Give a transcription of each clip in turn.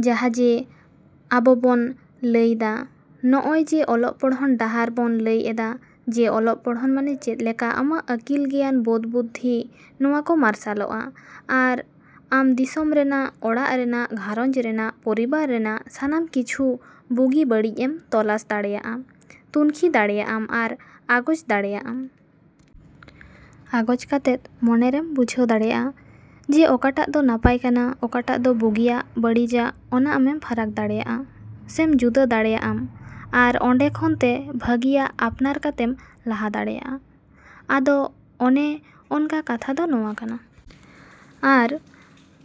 ᱡᱟᱦᱟᱸ ᱡᱮ ᱟᱵᱚ ᱵᱚᱱ ᱞᱟᱹᱭᱫᱟ, ᱱᱚᱜᱼᱚᱭ ᱡᱮ ᱚᱞᱚᱜ ᱯᱚᱲᱦᱚᱱ ᱰᱟᱦᱟᱨ ᱵᱚᱱ ᱞᱟᱹᱭ ᱮᱫᱟ ᱡᱮ ᱚᱞᱚᱜ ᱯᱚᱲᱦᱚᱱ ᱢᱟᱱᱮ ᱪᱮᱫ ᱞᱮᱠᱟ ᱟᱢᱟᱜ ᱟᱹᱠᱤᱞ ᱜᱮᱭᱟᱱ ᱵᱳᱫᱷ ᱵᱩᱫᱽᱫᱷᱤ, ᱱᱚᱣᱟᱠᱚ ᱢᱟᱨᱥᱟᱞᱚᱜᱼᱟ᱾ ᱟᱨ ᱟᱢ ᱫᱤᱥᱚᱢ ᱨᱮᱱᱟᱜ, ᱚᱲᱟᱜ ᱨᱮᱱᱟᱜ, ᱜᱷᱟᱨᱚᱸᱡᱽ ᱨᱮᱱᱟᱜ, ᱯᱚᱨᱤᱵᱟᱨ ᱨᱮᱱᱟᱜ ᱥᱟᱱᱟᱢ ᱠᱤᱪᱷᱩ ᱵᱩᱜᱤ ᱵᱟᱹᱲᱤᱡ ᱮᱢ ᱛᱚᱞᱟᱥ ᱫᱟᱲᱮᱭᱟᱜᱼᱟ, ᱛᱩᱱᱠᱷᱤ ᱫᱟᱲᱮᱭᱟᱜ ᱟᱢ ᱟᱨ ᱟᱸᱜᱚᱪ ᱫᱟᱲᱮᱭᱟᱜᱼᱟᱢ᱾ ᱟᱸᱜᱚᱪ ᱠᱟᱛᱮᱫ ᱢᱚᱱᱨᱮᱢ ᱵᱩᱡᱷᱟᱹᱣ ᱫᱟᱲᱮᱭᱟᱜᱼᱟ ᱡᱮ ᱚᱠᱟᱴᱟᱜ ᱫᱚ ᱱᱟᱯᱟᱭ ᱠᱟᱱᱟ, ᱚᱠᱟᱴᱟᱜ ᱫᱚ ᱵᱩᱜᱤᱭᱟᱜ ᱵᱟᱹᱲᱤᱡᱟᱜ ᱚᱱᱟ ᱟᱢᱮᱢ ᱯᱷᱟᱨᱟᱠ ᱫᱟᱲᱮᱭᱟᱜᱼᱟ ᱥᱮᱢ ᱡᱩᱫᱟᱹ ᱫᱟᱲᱮᱭᱟᱜ ᱟᱢ ᱟᱨ ᱚᱸᱰᱮ ᱠᱷᱚᱱᱛᱮ ᱵᱷᱟᱹᱜᱤᱭᱟᱜ ᱟᱯᱱᱟᱨ ᱠᱟᱛᱮᱢ ᱞᱟᱦᱟ ᱫᱟᱲᱮᱭᱟᱜᱼᱟ᱾ ᱟᱫᱚ ᱚᱱᱮ ᱚᱱᱠᱟ ᱠᱟᱛᱷᱟ ᱫᱚ ᱱᱚᱣᱟ ᱠᱟᱱᱟ᱾ ᱟᱨ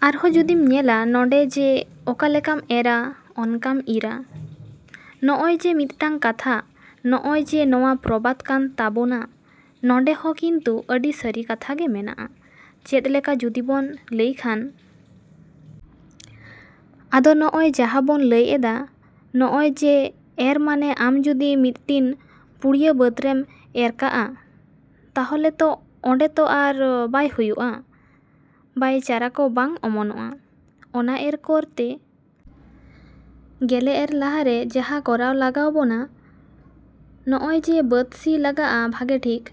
ᱟᱨᱦᱚᱸ ᱡᱩᱫᱤᱢ ᱧᱮᱞᱟ ᱱᱚᱸᱰᱮ ᱡᱮ ᱚᱠᱟ ᱞᱮᱠᱟᱢ ᱮᱨᱟ ᱚᱱᱠᱟᱢ ᱤᱨᱟ᱾ ᱱᱚᱜᱼᱚᱭ ᱡᱮ ᱢᱤᱫᱴᱟᱱ ᱠᱟᱛᱷᱟ ᱱᱚᱜᱼᱚᱭ ᱡᱮ ᱱᱚᱣᱟ ᱯᱨᱚᱵᱟᱫ ᱠᱟᱱ ᱛᱟᱵᱳᱱᱟ, ᱱᱚᱸᱰᱮ ᱦᱚᱸ ᱠᱤᱱᱛᱩ ᱟᱹᱰᱤ ᱥᱟᱹᱨᱤ ᱠᱟᱛᱷᱟ ᱜᱮ ᱢᱮᱱᱟᱜᱼᱟ᱾ ᱪᱮᱫ ᱞᱮᱠᱟ ᱡᱩᱫᱤ ᱵᱚᱱ ᱞᱟᱹᱭᱠᱷᱟᱱ? ᱟᱫᱚ ᱱᱚᱜᱼᱚᱭ ᱡᱟᱦᱟᱸ ᱵᱚᱱ ᱞᱟᱹᱭ ᱮᱫᱟ ᱱᱚᱜᱼᱚᱭ ᱡᱮ ᱮᱨ ᱢᱟᱱᱮ ᱟᱢ ᱡᱩᱫᱤ ᱢᱤᱫᱴᱤᱱ ᱯᱩᱲᱭᱟᱹ ᱵᱟᱹᱫᱽ ᱨᱮᱢ ᱮᱨ ᱠᱟᱜᱼᱟ, ᱛᱟᱦᱚᱞᱮ ᱛᱚ ᱚᱸᱰᱮ ᱛᱚ ᱟᱨ ᱵᱟᱭ ᱦᱩᱭᱩᱜᱼᱟ, ᱵᱟᱭ ᱪᱟᱨᱟ ᱠᱚ ᱵᱟᱝ ᱚᱢᱚᱱᱚᱜᱼᱟ᱾ ᱚᱱᱟ ᱮᱨ ᱠᱚᱨᱛᱮ ᱜᱮᱞᱮ ᱮᱨ ᱞᱟᱦᱟᱨᱮ ᱡᱟᱦᱟᱸ ᱠᱚᱨᱟᱣ ᱞᱟᱜᱟᱣᱵᱚᱱᱟ, ᱱᱜᱼᱚᱭ ᱡᱮ ᱵᱟᱹᱫᱽ ᱥᱤ ᱞᱟᱜᱟᱜᱼᱟ ᱵᱷᱟᱹᱜᱮ ᱴᱷᱤᱠ,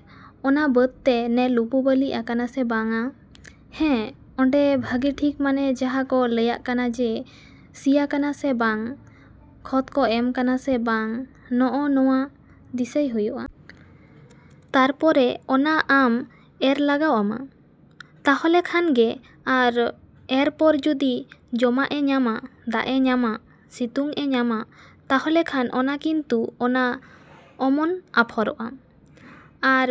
ᱚᱱᱟ ᱵᱟᱹᱫ ᱛᱮ ᱱᱮ ᱞᱩᱯᱩ ᱵᱟᱹᱞᱤ ᱟᱠᱟᱱᱟ ᱥᱮ ᱵᱟᱝᱟ, ᱦᱮᱸ ᱚᱸᱰᱮ ᱵᱷᱟᱹᱜᱤ ᱴᱷᱤᱠ ᱢᱟᱱᱮ ᱡᱟᱦᱟᱸ ᱠᱚ ᱞᱟᱹᱭᱟᱜ ᱠᱟᱱᱟ ᱡᱮ ᱥᱤᱭᱟᱠᱟᱱᱟ ᱥᱮ ᱵᱟᱝ, ᱠᱷᱚᱛ ᱠᱚ ᱮᱢ ᱠᱟᱱᱟ ᱥᱮ ᱵᱟᱝ, ᱱᱚᱜᱼᱚ ᱱᱚᱣᱟ ᱫᱤᱥᱟᱹᱭ ᱦᱩᱭᱩᱜᱼᱟ᱾ ᱛᱟᱨᱯᱚᱨᱮ ᱚᱱᱟ ᱟᱢ ᱮᱨ ᱞᱟᱜᱟᱣ ᱟᱢᱟ, ᱛᱟᱦᱚᱞᱮ ᱠᱷᱟᱱᱜᱮ ᱟᱨ ᱮᱨ ᱯᱚᱨ ᱡᱩᱫᱤ ᱡᱚᱢᱟᱜ ᱮ ᱧᱟᱢᱟ, ᱫᱟᱜ ᱮ ᱧᱟᱢᱟ, ᱥᱤᱛᱩᱝ ᱮ ᱧᱟᱢᱟ, ᱛᱟᱦᱚᱞᱮᱠᱷᱟᱱ ᱚᱱᱟ ᱠᱤᱱᱛᱩ ᱚᱱᱟ ᱚᱢᱚᱱ ᱟᱯᱷᱚᱨᱚᱜᱼᱟ᱾ ᱟᱨ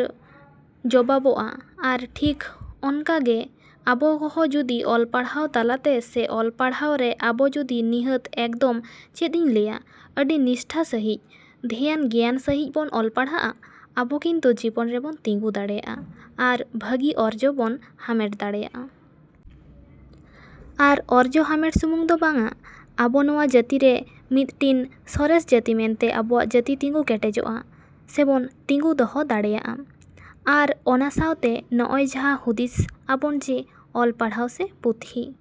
ᱡᱚᱵᱟᱵᱚᱜᱼᱟ ᱟᱨ ᱴᱷᱤᱠ ᱚᱱᱠᱟᱜᱮ ᱟᱵᱚ ᱠᱚᱦᱚᱸ ᱡᱩᱫᱤ ᱚᱞ ᱯᱟᱲᱦᱟᱣ ᱛᱟᱞᱟᱛᱮ ᱥᱮ ᱚᱞ ᱯᱟᱲᱦᱟᱣ ᱨᱮ ᱟᱵᱚ ᱡᱩᱫᱤ ᱱᱤᱦᱟᱹᱛ ᱮᱠᱫᱚᱢ ᱪᱮᱫ ᱤᱧ ᱞᱟᱹᱭᱟ ᱟᱹᱰᱤ ᱱᱤᱥᱴᱷᱟᱹ ᱥᱟᱺᱦᱤᱡ, ᱫᱷᱮᱭᱟᱱ ᱜᱮᱭᱟᱱ ᱥᱟᱺᱦᱤᱡ ᱵᱚᱱ ᱚᱞ ᱯᱟᱲᱦᱟᱜᱼᱟ, ᱟᱵᱚ ᱠᱤᱱᱛᱩ ᱡᱤᱵᱚᱱ ᱨᱮᱵᱚᱱ ᱛᱤᱸᱜᱩ ᱫᱟᱲᱮᱭᱟᱜᱼᱟ ᱟᱨ ᱵᱷᱟᱹᱜᱤ ᱚᱨᱡᱚ ᱵᱚᱱ ᱦᱟᱢᱮᱴ ᱫᱟᱲᱮᱭᱟᱜᱼᱟ᱾ ᱟᱨ ᱚᱨᱡᱚ ᱦᱟᱢᱮᱴ ᱥᱩᱢᱩᱝ ᱫᱚ ᱵᱟᱝᱟ, ᱟᱵᱚ ᱱᱚᱣᱟ ᱡᱟᱹᱛᱤᱨᱮ ᱢᱤᱫᱴᱤᱱ ᱥᱚᱨᱮᱥ ᱡᱟᱹᱛᱤ ᱢᱮᱱᱛᱮ ᱟᱵᱚᱣᱟᱜ ᱡᱟᱹᱛᱤ ᱛᱤᱸᱜᱩ ᱠᱮᱴᱮᱡᱚᱜᱼᱟ ᱥᱮᱵᱚᱱ ᱛᱤᱸᱜᱩ ᱫᱚᱦᱚ ᱫᱟᱲᱮᱭᱟᱜᱼᱟ᱾ ᱟᱨ ᱚᱱᱟ ᱥᱟᱶᱛᱮ ᱱᱚᱜᱼᱚᱭ ᱡᱟᱦᱟᱸ ᱦᱩᱫᱤᱥ ᱟᱵᱚᱱ ᱡᱮ ᱚᱞ ᱯᱟᱲᱦᱟᱣ ᱥᱮ ᱯᱩᱛᱷᱤ᱾